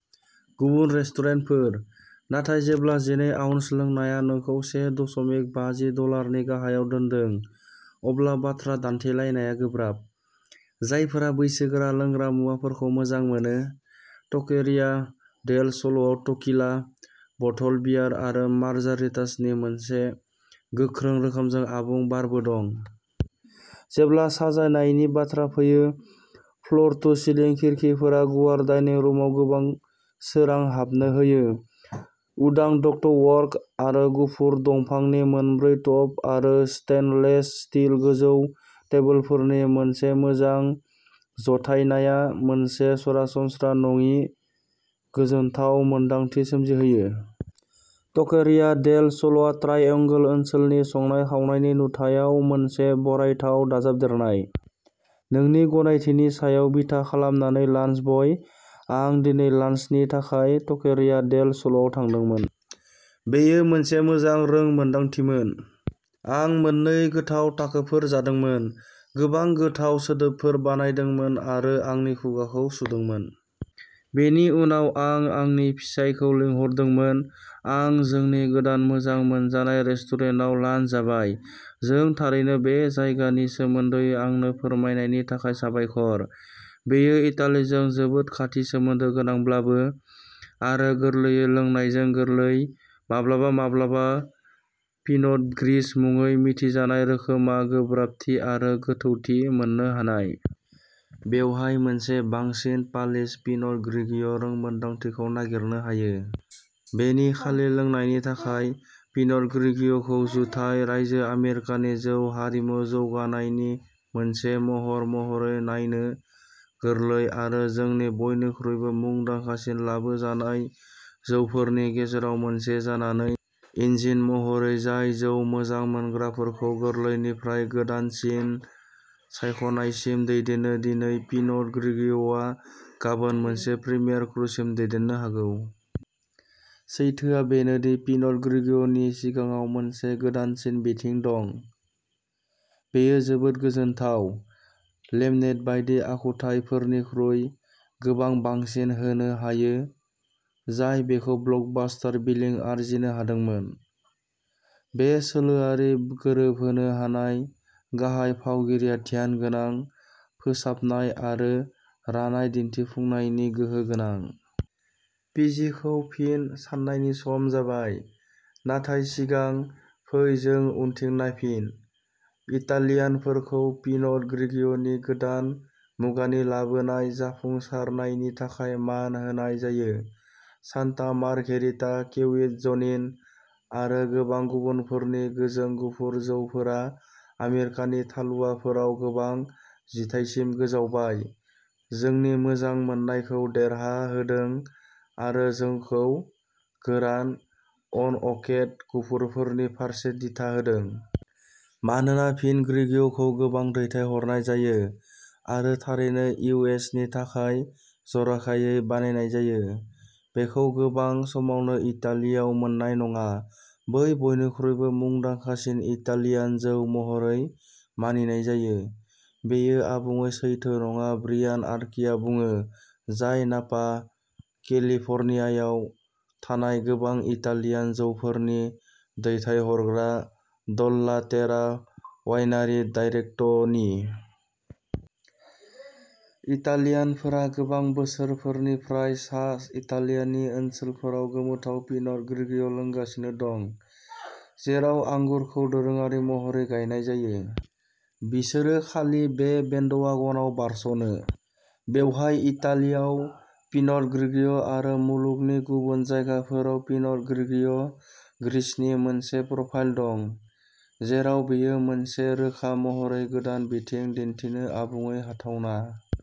गुबुन रेस्टुरेन्टफोर। नाथाय जेब्ला जिनै आउन्स लोंनाया नोंखौ से दशमिक बाजि डलारनि गाहायाव दोन्दों अब्ला बाथ्रा दान्थेलायनाया गोब्राब। जायफोरा बैसोगोरा लोंग्रा मुवाफोरखौ मोजां मोनो, टकेरिया डेल स'लआव टकीला, बथल बियार आरो मार्जारितासनि मोनसे गोख्रों रोखोमजों आबुं बारबो दं। जेब्ला साजायनायनि बाथ्रा फैयो, फ्ल'र टु सिलिं खिरखिफोरा गुवार डाइनिं रुमआव गोबां सोरां हाबनो होयो। उदां डक्टवर्क आरो गुफुर दंफांनि मोनब्रै टप आरो स्टेइनलेस स्टील गोजौ टेबोलफोरनि मोनसे मोजां जथायनाया मोनसे सरासनस्रा नङि गोजोनथाव मोनदांथि सोमजिहोयो। टकेरिया डेल स'लआ ट्राइएंगल ओनसोलनि संनाय-खावनायनि नुथायाव मोनसे बरायथाव दाजाबदेरनाय। नोंनि गनायथिनि सायाव बिथा खालामनानै लान्चब'य, आं दिनै लान्चनि थाखाय टकेरिया डेल स'लआव थांदोंमोन। बेयो मोनसे मोजां रोंमोनदांथिमोन। आं मोननै गोथाव टाकोफोर जादोंमोन, गोबां गोथाव सोदोबफोर बानायदोंमोन आरो आंनि खुगाखौ सुदोंमोन। बेनि उनाव आं आंनि फिसायखौ लिंहरदोंमोन आं जोंनि गोदान मोजां मोनजानाय रेस्टुरेन्टाव लान्च जाबाय। जों थारैनो बे जायगानि सोमोन्दै आंनो फोरमायनायनि थाखाय साबायखर। बेयो इटालिजों जोबोद खाथि सोमोन्दो गोनांब्लाबो, आरो गोरलैयै लोंनायजों गोरलै, माब्लाबा-माब्लाबा पिनट ग्रिस मुङै मिथिजानाय रोखोमआ गोब्राबथि आरो गोथौथि मोननो हानाय। बेवहाय मोनसे बांसिन पालिश पिनट ग्रिगिय' रोंमोन्दांथिखौ नागिरनो हायो। बेनि खालि लोंनायनि थाखाय, पिनट ग्रिगिय'खौ जुथाइ रायजो आमेरिकानि जौ हारिमु जौगानायनि मोनसे महर महरै नायनो गोरलै आरो जोंनि बयनिख्रुइबो मुंदांखासिन लाबोजानाय जौफोरनि गेजेराव मोनसे जानानै, इन्जिन महरै जाय जौ मोजां मोनग्राफोरखौ गोरलैनिफ्राय गोदानसिन सायख'नायसिम दैदेनो दिनै पिनट ग्रिगिय'आ गाबोन मोनसे प्रिमियार क्रुसिम दैदेननो हागौ। सैथोआ बेनो दि पिनट ग्रिगिय' नि सिगाङाव मोनसे गोदानसिन बिथिं दं। बेयो जोबोद गोजोनथाव, लेमनेड बायदि आखुथायफोरनिख्रुइ गोबां बांसिन होनो हायो जाय बेखौ ब्लकबास्टार बिलिं आर्जिनो हादोंमोन। बे सोलोआरि गोरोबहोनो हानाय गाहाय फावगिरिया ध्यानगोनां, फोसाबनाय आरो रानाय दिन्थिफुंनायनि गोहो गोनां। पि जि खौ फिन साननायनि सम जाबाय। नाथाय सिगां, फै जों उनथिं नायफिन। इटालियानफोरखौ पिनट ग्रिगिय'नि गोदान मुगानि लाबोनाय जाफुंसारनायनि थाखाय मान होनाय जायो। सान्ता मार्घेरिटा, केविट ज'निन आरो गोबां गुबुनफोरनि गोजों गुफुर जौफोरा आमेरिकानि थालुफोराव गोबां जिथाइसिम गोजावबाय, जोंनि मोजां मोननायखौ देरहाहोदों आरो जोंखौ गोरान, अनअकेड गुफुरफोरनि फारसे दिथा होदों। मानोना पिनट ग्रिगिय'खौ गोबां दैथायहरनाय जायो आरो थारैनो इउ एस नि थाखाय जर'खायै बानायनाय जायो, बेखौ गोबां समावनो इटालियाव मोन्नाय नङा बै बयनिख्रुइबो मुंदांखासिन इटालियान जौ महरै मानिनाय जायो। बेयो आबुङै सैथो नङा ब्रियान लार्कीआ बुङो, जाय नापा, केलिफ'र्नियायाव थानाय गोबां इटालियान जौफोरनि दैथायहरग्रा, डल्ला टेरा वाइनरी डाइरेक्टनि। इटालियानफोरा गोबां बोसोरफोरनिफ्राय सा इटालियानि ओनसोलफोराव गोमोथाव पिनट ग्रिगिय' लोंगासिनो दं, जेराव आंगुरखौ दोरोङारि महरै गायनाय जायो। बिसोरो खालि बे बेन्डवागनआव बारस'नो। बेवहाय इटालियाव पिनट ग्रिगिय' आरो मुलुगनि गुबुन जायगाफोराव पिनट ग्रिगिय' ग्रिसनि मोनसे प्रफाइल दं, जेराव बेयो मोनसे रोखा महरै गोदान बिथिं दिन्थिनो आबुङै हाथावना।